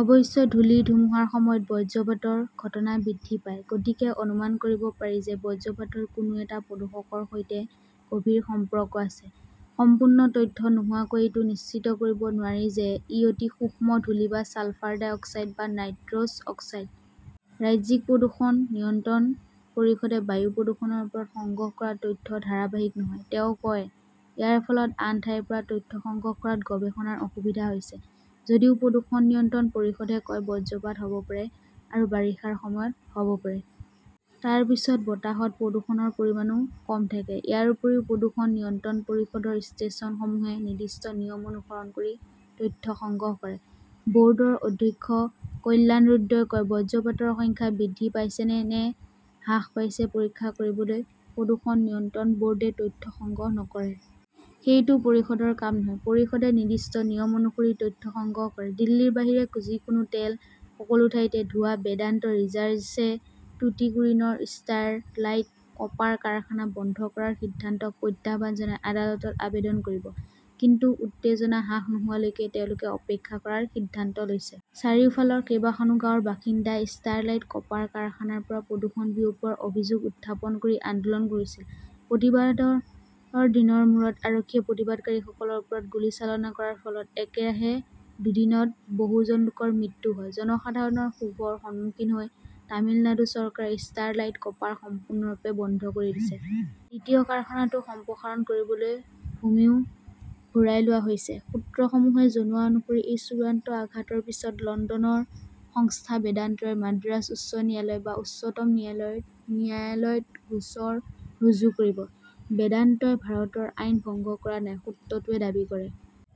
অৱশ্যে ধূলিৰ ধুমুহাৰ সময়ত বজ্ৰপাতৰ ঘটনা বৃদ্ধি পায়। গতিকে অনুমান কৰিব পাৰি যে, বজ্ৰপাতৰ কোনো এটা প্ৰদূষকৰ সৈতে গভীৰ সম্পৰ্ক আছে। সম্পূৰ্ণ তথ্য নোহোৱাকৈ এইটো নিশ্চিত কৰিব নোৱাৰি যে, ই অতি সূক্ষ্ম ধূলি বা ছালফাৰ-ডাই-অক্সাইড বা নাইট্ৰছ অক্সাইড। "ৰাজ্যিক প্ৰদূষণ নিয়ন্ত্ৰণ পৰিষদে বায়ু প্ৰদূষণৰ ওপৰত সংগ্ৰহ কৰা তথ্য ধাৰাবাহিক নহয়", তেওঁ কয়। ইয়াৰ ফলত আন ঠাইৰ পৰা তথ্য সংগ্ৰহ কৰাত গৱেষণাৰ অসুবিধা হৈছে। "যদিও প্ৰদূষণ নিয়ন্ত্ৰণ পৰিষদে কয়, বজ্ৰপাত হব পাৰে আৰু বাৰিষাৰ সময়ত হব পাৰে। তাৰ পিছত বতাহত প্ৰদূষণৰ পৰিমাণো কম থাকে। ইয়াৰ উপৰিও, প্ৰদূষণ নিয়ন্ত্ৰণ পৰিষদৰ ষ্টেচনসমূহে নিৰ্দিষ্ট নিয়ম অনুসৰণ কৰি তথ্য সংগ্ৰহ কৰে। বৰ্ডৰ অধ্যক্ষ কল্যাণ ৰুদ্ৰই কয়, "বজ্ৰপাতৰ সংখ্যা বৃদ্ধি পাইছে নে হ্ৰাস পাইছে পৰীক্ষা কৰিবলৈ প্ৰদূষণ নিয়ন্ত্ৰণ বৰ্ডে তথ্য সংগ্ৰহ নকৰে। সেইটো পৰিষদৰ কাম নহয়। পৰিষদে নিৰ্দিষ্ট নিয়ম অনুসৰি তথ্য সংগ্ৰহ কৰে"। দিল্লীৰ বাহিৰে যিকোনো তেল, সকলো ঠাইতে ধোঁৱা বেদান্ত ৰিজাৰ্ছে টুটিকোৰিনৰ ষ্টাৰলাইট কপাৰ কাৰখানা বন্ধ কৰাৰ সিদ্ধান্তক প্ৰত্যাহ্বান জনাই আদালতত আবেদন কৰিব। কিন্তু উত্তেজনা হ্ৰাস নোহোৱালৈকে তেওঁলোকে অপেক্ষা কৰাৰ সিদ্ধান্ত লৈছে। চাৰিওফালৰ কেইবাখনো গাঁৱৰ বাসিন্দাই ষ্টাৰলাইট কপাৰ কাৰখানাৰ পৰা প্ৰদূষণ বিয়পোৱাৰ অভিযোগ উত্থাপন কৰি আন্দোলন কৰিছিল। প্ৰতিবাদৰ দিনৰ মূৰত আৰক্ষীয়ে প্ৰতিবাদকাৰীসকলৰ ওপৰত গুলীচালনা কৰাৰ ফলত একেৰাহে দুদিনত বহুজন লোকৰ মৃত্যু হয়। জনসাধাৰণৰ ক্ষোভৰ সন্মুখীন হৈ তামিলনাডু চৰকাৰে ষ্টাৰলাইট কপাৰ সম্পূৰ্ণৰূপে বন্ধ কৰি দিছে। দ্বিতীয় কাৰখানাটো সম্প্ৰসাৰণ কৰিবলৈ ভূমিও ঘূৰাই লোৱা হৈছে। সূত্ৰসমূহে জনোৱা অনুসৰি এই চূড়ান্ত আঘাতৰ পিছত লণ্ডনৰ সংস্থা বেদান্তই মাদ্ৰাজ উচ্চ ন্যায়ালয় বা উচ্চতম ন্যায়ালয়ত গোচৰ ৰুজু কৰিব। "বেদান্তই ভাৰতৰ আইন ভংগ কৰা নাই", সূত্ৰটোৱে দাবী কৰে।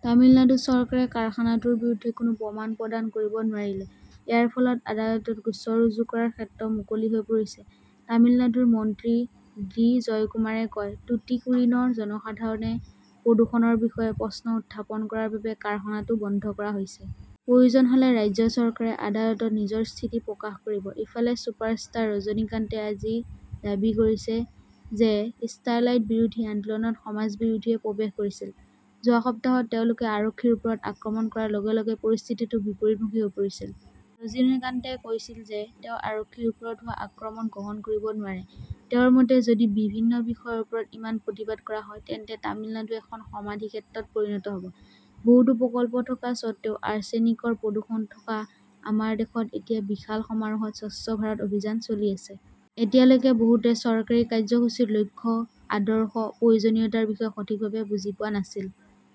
তামিলনাডু চৰকাৰে কাৰখানাটোৰ বিৰুদ্ধে কোনো প্ৰমাণ প্ৰদান কৰিব নোৱাৰিলে। ইয়াৰ ফলত আদালতত গোচৰ ৰুজু কৰাৰ ক্ষেত্ৰ মুকলি হৈ পৰিছে। তামিলনাডুৰ মন্ত্ৰী ডি জয়কুমাৰে কয়, "টুটিকোৰিনৰ জনসাধাৰণে প্ৰদূষণৰ বিষয়ে প্ৰশ্ন উত্থাপন কৰাৰ বাবে কাৰখানাটো বন্ধ কৰা হৈছে। প্ৰয়োজন হলে, ৰাজ্য চৰকাৰে আদালতত নিজৰ স্থিতি প্ৰকাশ কৰিব"। ইফালে ছুপাৰষ্টাৰ ৰজনীকান্তে আজি দাবী কৰিছে যে, ষ্টাৰলাইট বিৰোধী আন্দোলনত সমাজ বিৰোধীয়ে প্ৰৱেশ কৰিছিল। যোৱা সপ্তাহত তেওঁলোকে আৰক্ষীৰ ওপৰত আক্ৰমণ কৰাৰ লগে লগে পৰিস্থিতিটো বিপৰীতমুখী হৈ পৰিছিল। ৰজনীকান্তে কৈছিল যে, তেওঁ আৰক্ষীৰ ওপৰত হোৱা আক্ৰমণ গ্ৰহণ কৰিব নোৱাৰে। তেওঁৰ মতে, যদি বিভিন্ন বিষয়ৰ ওপৰত ইমান প্ৰতিবাদ কৰা হয়, তেন্তে তামিলনাডু এখন সমাধিক্ষেত্ৰত পৰিণত হব। বহুতো প্ৰকল্প থকা সত্ত্বেও আৰ্ছেনিকৰ প্ৰদূষণ থকা আমাৰ দেশত এতিয়া বিশাল সমাৰোহত স্বচ্ছ ভাৰত অভিযান চলি আছে। এতিয়ালৈকে বহুতে চৰকাৰী কাৰ্যসূচীৰ লক্ষ্য, আদৰ্শ, প্ৰয়োজনীয়তাৰ বিষয়ে সঠিকভাৱে বুজি পোৱা নাছিল।